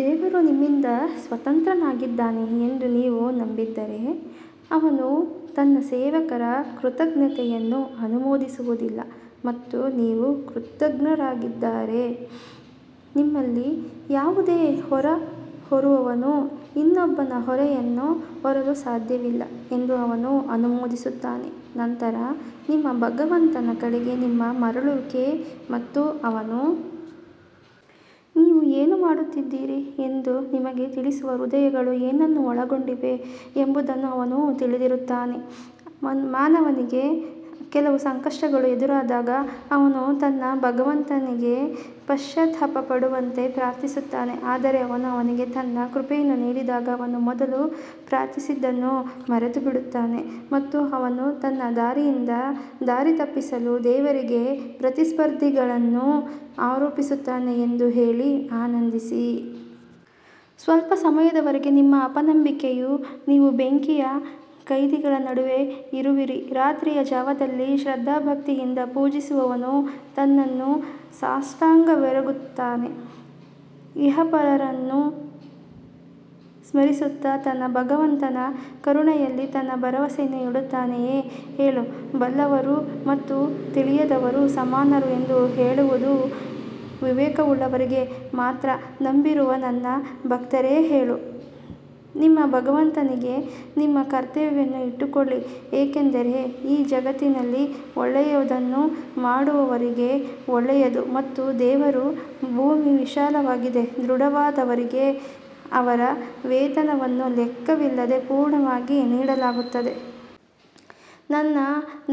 ದೇವರು ನಿಮ್ಮಿಂದ ಸ್ವತಂತ್ರನಾಗಿದ್ದಾನೆ ಎಂದು ನೀವು ನಂಬದಿದ್ದರೆ, ಅವನು ತನ್ನ ಸೇವಕರ ಕೃತಜ್ಞತೆಯನ್ನು ಅನುಮೋದಿಸುವುದಿಲ್ಲ ಮತ್ತು ನೀವು ಕೃತಜ್ಞರಾಗಿದ್ದರೆ, ನಿಮ್ಮಲ್ಲಿ ಯಾವುದೇ ಹೊರೆ ಹೊರುವವನು ಇನ್ನೊಬ್ಬನ ಹೊರೆಯನ್ನು ಹೊರಲು ಸಾಧ್ಯವಿಲ್ಲ ಎಂದು ಅವನು ಅನುಮೋದಿಸುತ್ತಾನೆ, ನಂತರ ನಿಮ್ಮ ಭಗವಂತನ ಕಡೆಗೆ ನಿಮ್ಮ ಮರಳುವಿಕೆ ಮತ್ತು ಅವನು. ನೀವು ಏನು ಮಾಡುತ್ತಿದ್ದೀರಿ ಎಂದು ನಿಮಗೆ ತಿಳಿಸುವರು ಹೃದಯಗಳು ಏನನ್ನು ಒಳಗೊಂಡಿವೆ ಎಂಬುದನ್ನು ಅವನು ತಿಳಿದಿರುತ್ತಾನೆ ಮಾನವನಿಗೆ ಕೆಲವು ಸಂಕಷ್ಟಗಳು ಎದುರಾದಾಗ ಅವನು ತನ್ನ ಭಗವಂತನಿಗೆ ಪಶ್ಚಾತ್ತಾಪ ಪಡುವಂತೆ ಪ್ರಾರ್ಥಿಸುತ್ತಾನೆ ಆದರೆ ಅವನು ಅವನಿಗೆ ತನ್ನ ಕೃಪೆಯನ್ನು ನೀಡಿದಾಗ ಅವನು ಮೊದಲು ಪ್ರಾರ್ಥಿಸಿದ್ದನ್ನು ಮರೆತುಬಿಡುತ್ತಾನೆ ಮತ್ತು ಅವನು ತನ್ನ ದಾರಿಯಿಂದ ದಾರಿತಪ್ಪಿಸಲು ದೇವರಿಗೆ ಪ್ರತಿಸ್ಪರ್ಧಿಗಳನ್ನು ಆರೋಪಿಸುತ್ತಾನೆ ಎಂದು ಹೇಳಿ ಆನಂದಿಸಿ. ಸ್ವಲ್ಪ ಸಮಯದವರೆಗೆ ನಿಮ್ಮ ಅಪನಂಬಿಕೆಯು ನೀವು ಬೆಂಕಿಯ ಕೈದಿಗಳ ನಡುವೆ ಇರುವಿರಿ ರಾತ್ರಿಯ ಜಾವದಲ್ಲಿ ಶ್ರದ್ಧಾಭಕ್ತಿಯಿಂದ ಪೂಜಿಸುವವನು ತನ್ನನ್ನು ಸಾಷ್ಟಾಂಗವೆರಗುತ್ತಾ ಇಹಪರವನ್ನು ಸ್ಮರಿಸುತ್ತಾ ತನ್ನ ಭಗವಂತನ ಕರುಣೆಯಲ್ಲಿ ತನ್ನ ಭರವಸೆಯನ್ನು ಇಡುತ್ತಾನೆಯೇ ಹೇಳು ಬಲ್ಲವರು ಮತ್ತು ತಿಳಿಯದವರು ಸಮಾನರು ಎಂದು ಹೇಳುವುದು ವಿವೇಕವುಳ್ಳವರಿಗೆ ಮಾತ್ರ ನಂಬಿರುವ ನನ್ನ ಭಕ್ತರೇ ಹೇಳು, ನಿಮ್ಮ ಭಗವಂತನಿಗೆ ನಿಮ್ಮ ಕರ್ತವ್ಯವನ್ನು ಇಟ್ಟುಕೊಳ್ಳಿ ಏಕೆಂದರೆ ಈ ಜಗತ್ತಿನಲ್ಲಿ ಒಳ್ಳೆಯದನ್ನು ಮಾಡುವವರಿಗೆ ಒಳ್ಳೆಯದು ಮತ್ತು ದೇವರ ಭೂಮಿ ವಿಶಾಲವಾಗಿದೆ ದೃಢವಾದವರಿಗೆ ಅವರ ವೇತನವನ್ನು ಲೆಕ್ಕವಿಲ್ಲದೆ ಪೂರ್ಣವಾಗಿ ನೀಡಲಾಗುತ್ತದೆ. ನನ್ನ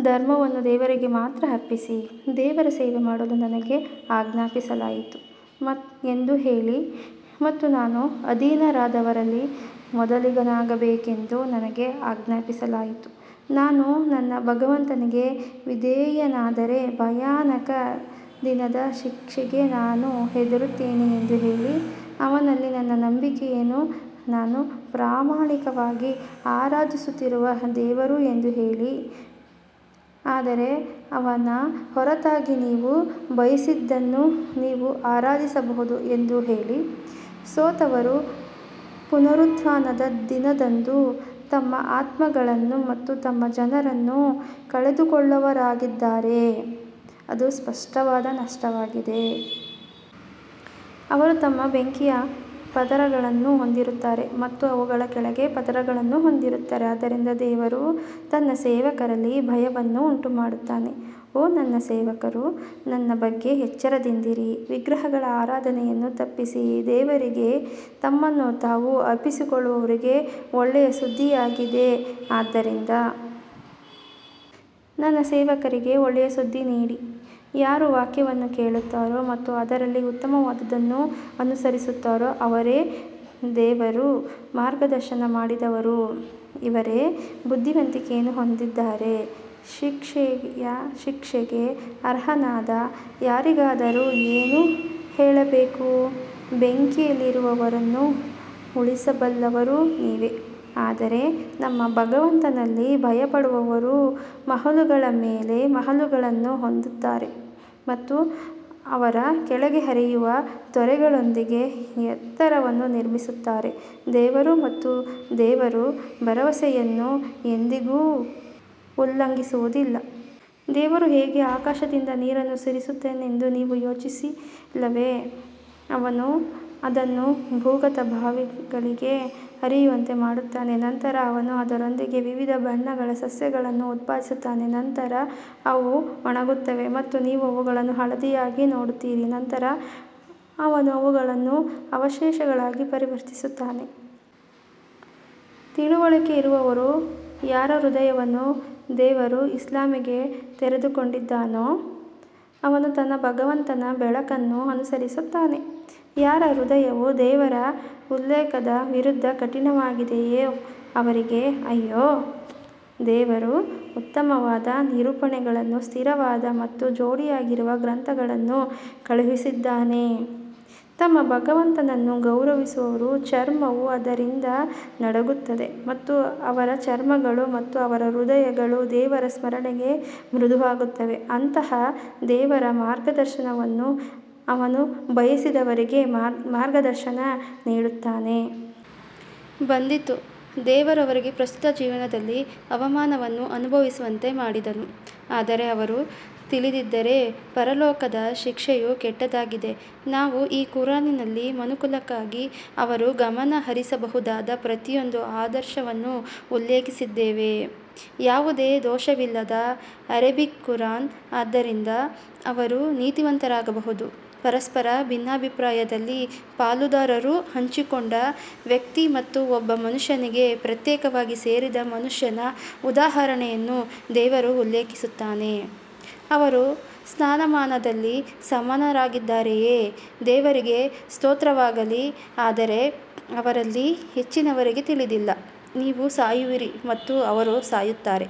ಧರ್ಮವನ್ನು ದೇವರಿಗೆ ಮಾತ್ರ ಅರ್ಪಿಸಿ ದೇವರ ಸೇವೆ ಮಾಡಲು ನನಗೆ ಆಜ್ಞಾಪಿಸಲಾಯಿತು ಎಂದು ಹೇಳಿ ಮತ್ತು ನಾನು ಅಧೀನರಾದವರಲ್ಲಿ ಮೊದಲಿಗನಾಗಬೇಕೆಂದು ನನಗೆ ಆಜ್ಞಾಪಿಸಲಾಯಿತು ನಾನು ನನ್ನ ಭಗವಂತನಿಗೆ ಅವಿಧೇಯನಾದರೆ ಭಯಾನಕ ದಿನದ ಶಿಕ್ಷೆಗೆ ನಾನು ಹೆದರುತ್ತೇನೆ ಎಂದು ಹೇಳಿ ಅವನಲ್ಲಿ ನನ್ನ ನಂಬಿಕೆಯಲ್ಲಿ ನಾನು ಪ್ರಾಮಾಣಿಕವಾಗಿ ಆರಾಧಿಸುತ್ತಿರುವ ದೇವರು ಎಂದು ಹೇಳಿ ಆದರೆ ಅವನ ಹೊರತಾಗಿ ನೀವು ಬಯಸಿದ್ದನ್ನು ನೀವು ಆರಾಧಿಸಬಹುದು ಎಂದು ಹೇಳಿ, ಸೋತವರು ಪುನರುತ್ಥಾನದ ದಿನದಂದು ತಮ್ಮ ಆತ್ಮಗಳನ್ನು ಮತ್ತು ತಮ್ಮ ಜನರನ್ನು ಕಳೆದುಕೊಳ್ಳುವವರಾಗಿದ್ದಾರೆ, ಅದು ಸ್ಪಷ್ಟವಾದ ನಷ್ಟವಾಗಿದೆ. ಅವರು ತಮ್ಮ ಮೇಲೆ ಬೆಂಕಿಯ ಪದರಗಳನ್ನು ಹೊಂದಿರುತ್ತಾರೆ ಮತ್ತು ಅವುಗಳ ಕೆಳಗೆ ಪದರಗಳನ್ನು ಹೊಂದಿರುತ್ತಾರೆ ಆದ್ದರಿಂದ ದೇವರು ತನ್ನ ಸೇವಕರಲ್ಲಿ ಭಯವನ್ನು ಉಂಟುಮಾಡುತ್ತಾನೆ ಓ ನನ್ನ ಸೇವಕರು ನನ್ನ ಬಗ್ಗೆ ಎಚ್ಚರದಿಂದಿರಿ ವಿಗ್ರಹಗಳ ಆರಾಧನೆಯನ್ನು ತಪ್ಪಿಸಿ ದೇವರಿಗೆ ತಮ್ಮನ್ನು ತಾವು ಅರ್ಪಿಸಿಕೊಳ್ಳುವವರಿಗೆ ಒಳ್ಳೆಯ ಸುದ್ದಿಯಾಗಿದೆ ಆದ್ದರಿಂದ ನನ್ನ ಸೇವಕರಿಗೆ ಒಳ್ಳೆಯ ಸುದ್ದಿ ನೀಡಿ ಯಾರು ವಾಕ್ಯವನ್ನು ಕೇಳುತ್ತಾರೋ ಮತ್ತು ಅದರಲ್ಲಿ ಉತ್ತಮವಾದದ್ದನ್ನು ಅನುಸರಿಸುತ್ತಾರೋ ಅವರೇ ದೇವರು ಮಾರ್ಗದರ್ಶನ ಮಾಡಿದವರು ಇವರೇ ಬುದ್ಧಿವಂತಿಕೆಯನ್ನು ಹೊಂದಿದ್ದಾರೆ ಶಿಕ್ಷೆಯ ಶಿಕ್ಷೆಗೆ ಅರ್ಹನಾದ ಯಾರಿಗಾದರೂ ಏನು ಹೇಳಬೇಕು, ಬೆಂಕಿಯಲ್ಲಿರುವವರನ್ನು ಉಳಿಸಬಲ್ಲವರು ನೀವೇ ಆದರೆ ತಮ್ಮ ಭಗವಂತನಲ್ಲಿ ಭಯಪಡುವವರು ಮಹಲುಗಳ ಮೇಲೆ ಮಹಲುಗಳನ್ನು ಹೊಂದುತ್ತಾರೆ ಮತ್ತು ಅವರ ಕೆಳಗೆ ಹರಿಯುವ ತೊರೆಗಳೊಂದಿಗೆ ಎತ್ತರವನ್ನು ನಿರ್ಮಿಸುತ್ತಾರೆ, ದೇವರು ಮತ್ತು ದೇವರು ಭರವಸೆಯನ್ನು ಎಂದಿಗೂ ಉಲ್ಲಂಘಿಸುವುದಿಲ್ಲ. ದೇವರು ಹೇಗೆ ಆಕಾಶದಿಂದ ನೀರನ್ನು ಸುರಿಸಿದನೆಂದು ನೀವು ಯೋಚಿಸಲಿಲ್ಲವೇ, ಅವನು ಅದನ್ನು ಭೂಗತ ಬಾವಿಗಳಿಗೆ ಹರಿಯುವಂತೆ ಮಾಡುತ್ತಾನೆ ನಂತರ ಅವನು ಅದರೊಂದಿಗೆ ವಿವಿಧ ಬಣ್ಣಗಳ ಸಸ್ಯಗಳನ್ನು ಉತ್ಪಾದಿಸುತ್ತಾನೆ ನಂತರ ಅವು ಒಣಗುತ್ತವೆ ಮತ್ತು ನೀವು ಅವುಗಳನ್ನು ಹಳದಿಯಾಗಿ ನೋಡುತ್ತೀರಿ ನಂತರ ಅವನು ಅವುಗಳನ್ನು ಅವಶೇಷಗಳಾಗಿ ಪರಿವರ್ತಿಸುತ್ತಾನೆ. ತಿಳುವಳಿಕೆ ಇರುವವರು ಯಾರ ಹೃದಯವನ್ನು ದೇವರು ಇಸ್ಲಾಮಿಗೆ ತೆರೆದುಕೊಂಡಿದ್ದಾನೋ, ಅವನು ತನ್ನ ಭಗವಂತನ ಬೆಳಕನ್ನು ಅನುಸರಿಸುತ್ತಾನೆ, ಯಾರ ಹೃದಯವು ದೇವರ ಉಲ್ಲೇಖದ ವಿರುದ್ಧ ಕಠಿಣವಾಗಿದೆಯೋ ಅವರಿಗೆ ಅಯ್ಯೋ? ದೇವರು ಉತ್ತಮವಾದ ನಿರೂಪಣೆಗಳನ್ನು ಸ್ಥಿರವಾದ ಮತ್ತು ಜೋಡಿಯಾಗಿರುವ ಗ್ರಂಥವನ್ನು ಕಳುಹಿಸಿದ್ದಾನೆ, ತಮ್ಮ ಭಗವಂತನನ್ನು ಗೌರವಿಸುವವರ ಚರ್ಮವು ಅದರಿಂದ ನಡುಗುತ್ತದೆ ಮತ್ತು ಅವರ ಚರ್ಮಗಳು ಮತ್ತು ಅವರ ಹೃದಯಗಳು ದೇವರ ಸ್ಮರಣೆಗೆ ಮೃದುವಾಗುತ್ತವೆ ಅಂತಹ ದೇವರ ಮಾರ್ಗದರ್ಶನವನ್ನು ಅವನು ಬಯಸಿದವರಿಗೆ ಮಾರ್ಗದರ್ಶನ ನೀಡುತ್ತಾನೆ. ಬಂದಿತು ದೇವರು ಅವರಿಗೆ ಪ್ರಸ್ತುತ ಜೀವನದಲ್ಲಿ ಅವಮಾನವನ್ನು ಅನುಭವಿಸುವಂತೆ ಮಾಡಿದನು ಆದರೆ ಅವರು ತಿಳಿದಿದ್ದರೆ ಪರಲೋಕದ ಶಿಕ್ಷೆಯು ಕೆಟ್ಟದಾಗಿದೆ ನಾವು ಈ ಕುರಾನ್ನಲ್ಲಿ ಮನುಕುಲಕ್ಕಾಗಿ ಅವರು ಗಮನಹರಿಸಬಹುದಾದ ಪ್ರತಿಯೊಂದು ಆದರ್ಶವನ್ನು ಉಲ್ಲೇಖಿಸಿದ್ದೇವೆ ಯಾವುದೇ ದೋಷವಿಲ್ಲದ ಅರೇಬಿಕ್ ಕುರಾನ್ ಆದ್ದರಿಂದ ಅವರು ನೀತಿವಂತರಾಗಬಹುದು ಪರಸ್ಪರ ಭಿನ್ನಾಭಿಪ್ರಾಯದಲ್ಲಿ ಪಾಲುದಾರರು ಹಂಚಿಕೊಂಡ ವ್ಯಕ್ತಿ ಮತ್ತು ಒಬ್ಬ ಮನುಷ್ಯನಿಗೆ ಪ್ರತ್ಯೇಕವಾಗಿ ಸೇರಿದ ಮನುಷ್ಯನ ಉದಾಹರಣೆಯನ್ನು ದೇವರು ಉಲ್ಲೇಖಿಸುತ್ತಾನೆ, ಅವರು ಸ್ಥಾನಮಾನದಲ್ಲಿ ಸಮಾನರಾಗಿದ್ದಾರೆಯೇ, ದೇವರಿಗೆ ಸ್ತೋತ್ರವಾಗಲಿ ಆದರೆ ಅವರಲ್ಲಿ ಹೆಚ್ಚಿನವರಿಗೆ ತಿಳಿದಿಲ್ಲ ನೀವು ಸಾಯುವಿರಿ ಮತ್ತು ಅವರು ಸಾಯುತ್ತಾರೆ.